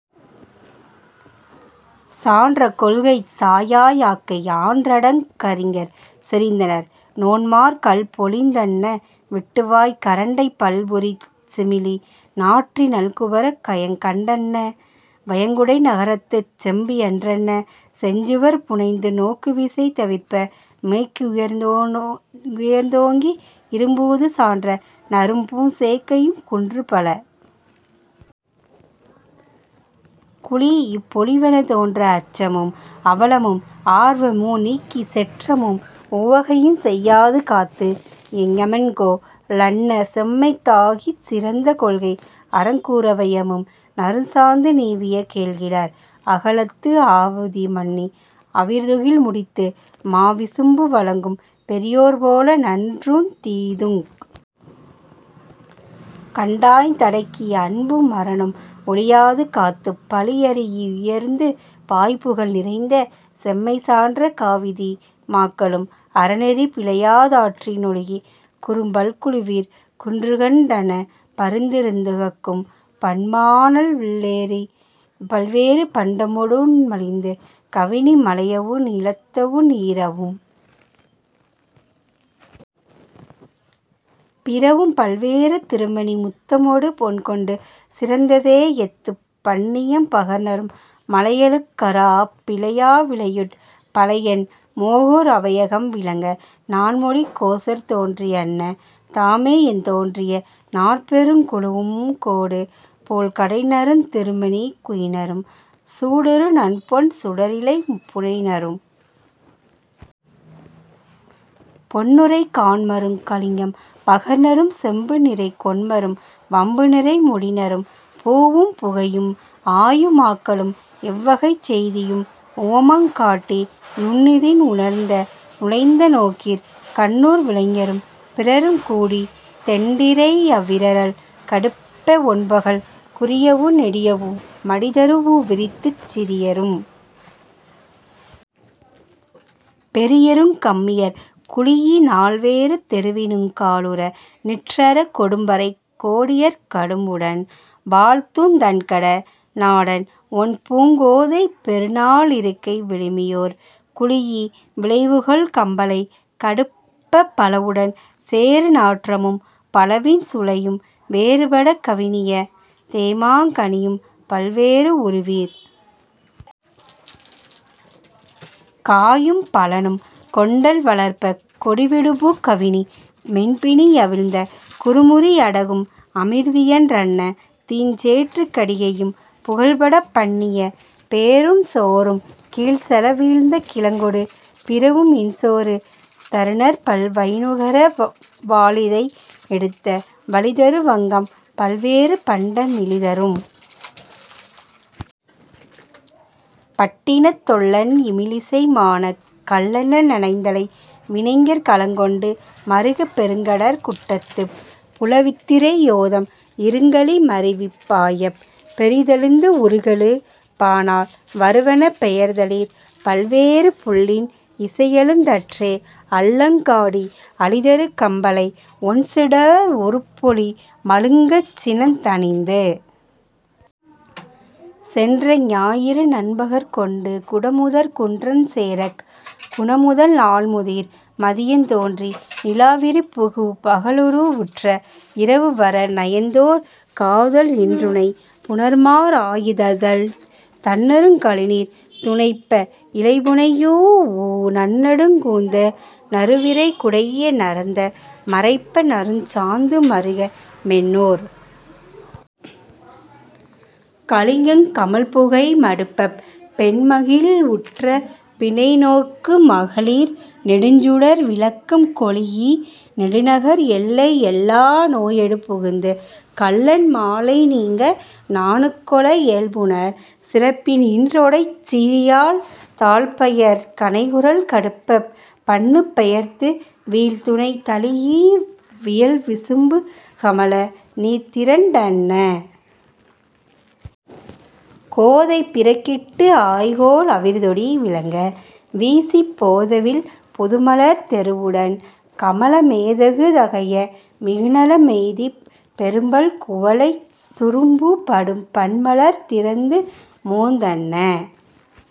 சான்ற கொள்கைச் சாயா யாக்கை ஆன்றடங் கறிஞர் செறிந்தனர் நோன்மார் கல்பொளிந் தன்ன விட்டுவாய்க் கரண்டைப் பல்புரிச் சிமிலி நாற்றி நல்குவரக் கயங்கண் டன்ன வயங்குடை நகரத்துச் செம்பியன் றன்ன செஞ்சுவர் புனைந்து நோக்குவிசை தவிர்ப்ப மேக்குயர்ந் தோங்கி இறும்பூது சான்ற நறும்பூஞ் சேக்கையுங் குன்றுபல குழீஇப் பொலிவன தோன்ற அச்சமும் அவலமும் ஆர்வமு நீக்கிச் செற்றமும் உவகையுஞ் செய்யாது காத்து ஞெமன்கோ லன்ன செம்மைத் தாகிச் சிறந்த கொள்கை அறங்கூ றவையமும் நறுஞ்சாந்து நீவிய கேழ்கிளர் அகலத்து ஆவுதி மண்ணி அவிர்துகில் முடித்து மாவிசும்பு வழங்கும் பெரியோர் போல நன்றுந் தீதுங் கண்டாய்ந் தடக்கி அன்பும் அறனும் ஒழியாது காத்துப் பழியரீஇ யுயர்ந்து பாய்புகழ் நிறைந்த செம்மை சான்ற காவிதி மாக்களும் அறநெறி பிழையா தாற்றி னொழுகி குறும்பல் குழுவிற் குன்றுகண் டன்ன பருந்திருந் துகக்கும் பன்மா ணல்லிற் பல்வேறு பண்டமொ டூண்மலிந்து கவினி மலையவு நிலத்தவு நீரவும் பிறவும் பல்வேறு திருமணி முத்தமொடு பொன்கொண்டு சிறந்த தேஎத்துப் பண்ணியம் பகர்நரும் மழையழுக் கறாஅப் பிழையா விளையுட் பழையன் மோகூர் அவையகம் விளங்க நான்மொழிக் கோசர் தோன்றி யன்ன தாமேஎந் தோன்றிய நாற்பெருங் குழுவும் கோடுபோழ் கடைநருந் திருமணி குயினரும் சூடுறு நன்பொன் சுடரிழை புனைநரும் பொன்னுரை காண்மருங் கலிங்கம் பகர்நரும் செம்புநிறை கொண்மரும் வம்புநிறை முடிநரும் பூவும் புகையும் ஆயு மாக்களும் எவ்வகைச் செய்தியும் உவமங் காட்டி நுண்ணிதின் உணர்ந்த நுழைந்த நோக்கிற் கண்ணுள் வினைஞரும் பிறரும் கூடித் தெண்டிரை யவிரறல் கடுப்ப வொண்பகல் குறியவு நெடியவு மடிதரூஉ விரித்துச் சிறியரும் பெரியருங் கம்மியர் குழீஇ நால்வேறு தெருவினுங் காலுற நிற்றரக் கொடும்பறைக் கோடியர் கடும்புடன் வாழ்த்துந் தண்கட னாடன் ஒண்பூங் கோதை பெருநா ளிருக்கை விழுமியோர் குழீஇ விழைவுகொள் கம்பலை கடுப்பப் பலவுடன் சேறு நாற்றமும் பலவின் சுளையும் வேறுபடக் கவினிய தேமாங் கனியும் பல்வே றுருவிற் காயும் பழனும் கொண்டல் வளர்ப்பக் கொடிவிடுபு கவினி மென்பிணி யவிழ்ந்த குறுமுறி யடகும் அமிர்தியன் றன்ன தீஞ்சேற்றுக் கடிகையும் புகழ்படப் பண்ணிய பேரூன் சோறும் கீழ்செல வீழ்ந்த கிழங்கொடு பிறவும் இன்சோறு தருநர் பல்வயி னுகர வாலிதை எடுத்த வளிதரு வங்கம் பல்வேறு பண்ட மிழிதரும் பட்டினத் தொல்லென் இமிழிசை மானக் கல்லென நனந்தலை வினைஞர் கலங்கொண்டு மறுகப் பெருங்கடற் குட்டத்துப் புலவுத்திரை யோதம் இருங்கழி மருவிப் பாயப் பெரிதெழுந்து உருகெழு பானாள் வருவன பெயர்தலிற் பல்வேறு புள்ளின் இசையெழுந் தற்றே அல்லங் காடி அழிதரு கம்பலை ஒண்சுடர் உருப்பொளி மழுங்கச் சினந்தணிந்து சென்ற ஞாயிறு நன்பகற் கொண்டு குடமுதற் குன்றஞ் சேரக் குணமுதல் நாள்முதிர் மதியந் தோன்றி நிலாவிரிபு பகலுரு வுற்ற இரவுவர நயந்தோர் காதல் இன்றுணை புணர்மார் ஆயிததழ்த் தண்ணறுங் கழுநீர் துணைப்ப இழைபுனையூஉ நன்னெடுங் கூந்த னறுவிரை குடைய நரந்த மரைப்ப நறுஞ்சாந்து மறுக மென்னூற் கலிங்கங் கமழ்புகை மடுப்பப் பெண்மகிழ் வுற்ற பிணைநோக்கு மகளிர் நெடுஞ்சுடர் விளக்கம் கொளீஇ நெடுநகர் எல்லை எல்லா நோயடு புகுந்து கல்லென் மாலை நீங்க நாணுக்கொள ஏழ்புணர் சிறப்பின் இன்றொடைச் சிறியாழ் தாழ்பயற் கனைகுரல் கடுப்பப் பண்ணுப்பெயர்த்து வீழ்துணை தழீஇ வியல்விசும்பு கமழ நீர்திரண் டன்ன கோதை பிறக்கிட்டு ஆய்கோல் அவிர்தொடி விளங்க வீசிப் போதவிழ் புதுமலர் தெருவுடன் கமழ மேதகு தகைய மிகுநல மெய்திப் பெரும்பல் குவளைச் சுரும்புபடு பன்மலர் திறந்துமோந் தன்ன